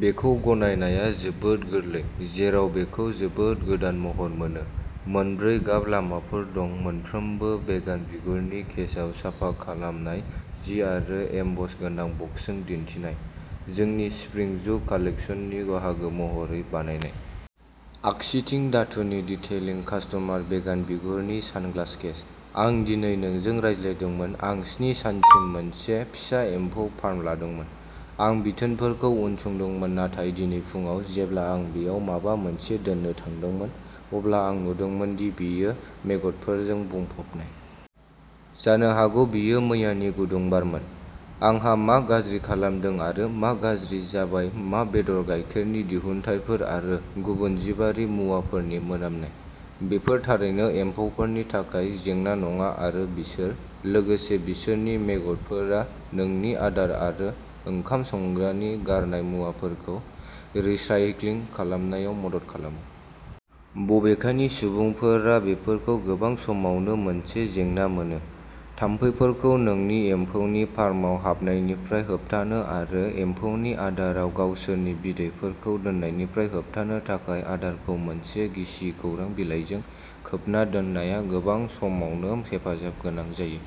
बेखौ गाननाया जोबोद गोरलै जेराव बेखौ जोबोद गोदान महर मोनो। मोनब्रै गाब लामाफोर दं मोनफ्रोमबो भेगान बिगुरनि केसआव साफा खालामनाय जि आरो एमबस गोनां बक्सजों दिन्थिनाय। जोंनि स्प्रिं जिगु कालेक्सननि बाहागो महरै बानायनाय। आगसिथिं धातुनि डिटेइलिं कास्टमार भेगान बिगुरनि सानग्लास केस। आं दिनै नोंजों रायज्लायदोंमोन आं स्नि सानसिम मोनसे फिसा एम्फौ फार्म लादोंमोन। आं बिथोनफोरखौ उनसंदोंमोन नाथाय दिनै फुंआव जेब्ला आं बेयाव माबा मोनसे दोन्नो थांदोंमोन अब्ला आं नुदोंमोन दि बेयो मेगटफोरजों बुंफबनाय। जानो हागौ बेयो मैयानि गुदुं बारमोन। आंहा मा गाज्रि खालामदों आरो मा गाज्रि जाबाय मा बेदर गायखेरनि दिहुनथायफोर आरो गुबुन जिबारि मुवाफोरनि मोनामनाया। बेफोर थारैनो एम्फौफोरनि थाखाय जेंना नङा आरो बिसोर लोगोसे बिसोरनि मेगटफोरा नोंनि आदार आरो ओंखाम संग्रानि गारनाय मुवाफोरखौ रिसाइक्लिं खालामनायाव मदद खालामो। बबेखानि सुबुंफोरा बेफोरखौ गोबां समावनो मोनसे जेंना मोनो। थाम्फैफोरखौ नोंनि एम्फौनि फार्मआव हाबनायनिफ्राय होबथानो आरो एम्फौनि आदाराव गावसोरनि बिदैफोरखौ दोननायनिफ्राय होबथानो थाखाय आदारखौ मोनसे गिसि खौरां बिलाइजों खोबना दोननाया गोबां समावनो हेफाजाब गोनां जायो।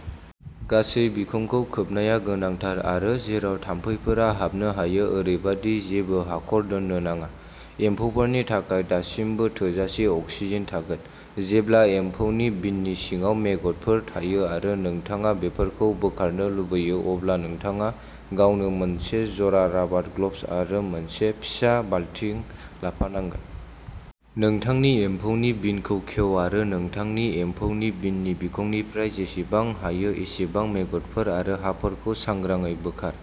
गासै बिखंखौ खोबनाया गोनांथार आरो जेराव थाम्फैफोरा हाबनो हायो ओरैबायदि जेबो हाखर दोननो नाङा। एम्फौफोरनि थाखाय दासिमबो थोजासे अक्सिजेन थागोन। जेब्ला एम्फौनि बिननि सिङाव मेगटफोर थायो आरो नोंथाङा बेफोरखौ बोखारनो लुबैयो अब्ला नोंथाङा गावनो मोनसे जरा राबार ग्लब्स आरो मोनसे फिसा बालतिं लाफानांगोन। नोंथांनि एम्फौनि बिनखौ खेव आरो नोंथांनि एम्फौनि बिननि बिखंनिफ्राय जेसेबां हायो एसेबां मेगटफोर आरो हाफोरखौ सांग्राङै बोखार।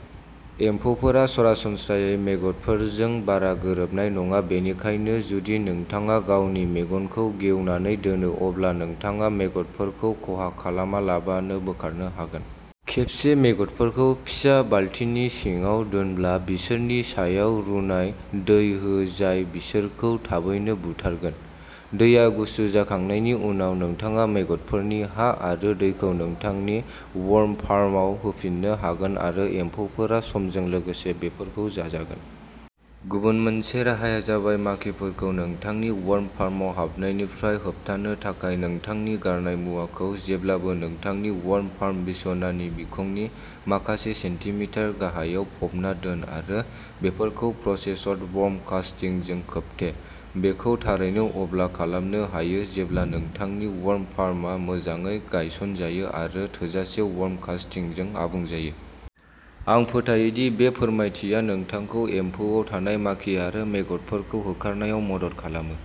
एम्फौफोरा सरासनस्रायै मेग'टफोरजों बारा गोरोबनाय नङा बेनिखायनो जुदि नोंथाङा गावनि मेगनखौ गेवनानै दोनो अब्ला नोंथाङा मेग'टफोरखौ खहा खालामालाबानो बोखारनो हागोन। खेबसे मेग'टफोरखौ फिसा बालतिनि सिङाव दोनब्ला बिसोरनि सायाव रुनाय दै हो जाय बिसोरखौ थाबैनो बुथारगोन। दैया गुसु जाखांनायनि उनाव नोंथाङा मेग'टफोरनि हा आरो दैखौ नोंथांनि वर्म फार्माव होफिननो हागोन आरो एम्फौफोरा समजों लोगोसे बेफोरखौ जाजागोन। गुबुन मोनसे राहाया जाबाय माखिफोरखौ नोंथांनि वर्म फार्मआव हाबनायनिफ्राय होबथानो थाखाय नोंथांनि गारनाय मुवाखौ जेब्लाबो नोंथांनि वर्म फार्म बिसनानि बिखंनि माखासे सेन्टिमिटार गाहायाव फबना दोन आरो बेफोरखौ प्रसेसड वर्म कास्टिं जों खोबथे। बेखौ थारैनो अब्ला खालामनो हायो जेब्ला नोंथांनि वर्म फार्मआ मोजाङै गायसनजायो आरो थोजासे वर्म कास्टिंजों आबुं जायो। आं फोथायो दि बे फोरमायथिया नोंथांखौ एम्फौआव थानाय माखि आरो मेग'टफोरखौ होखारनायाव मदद खालामो।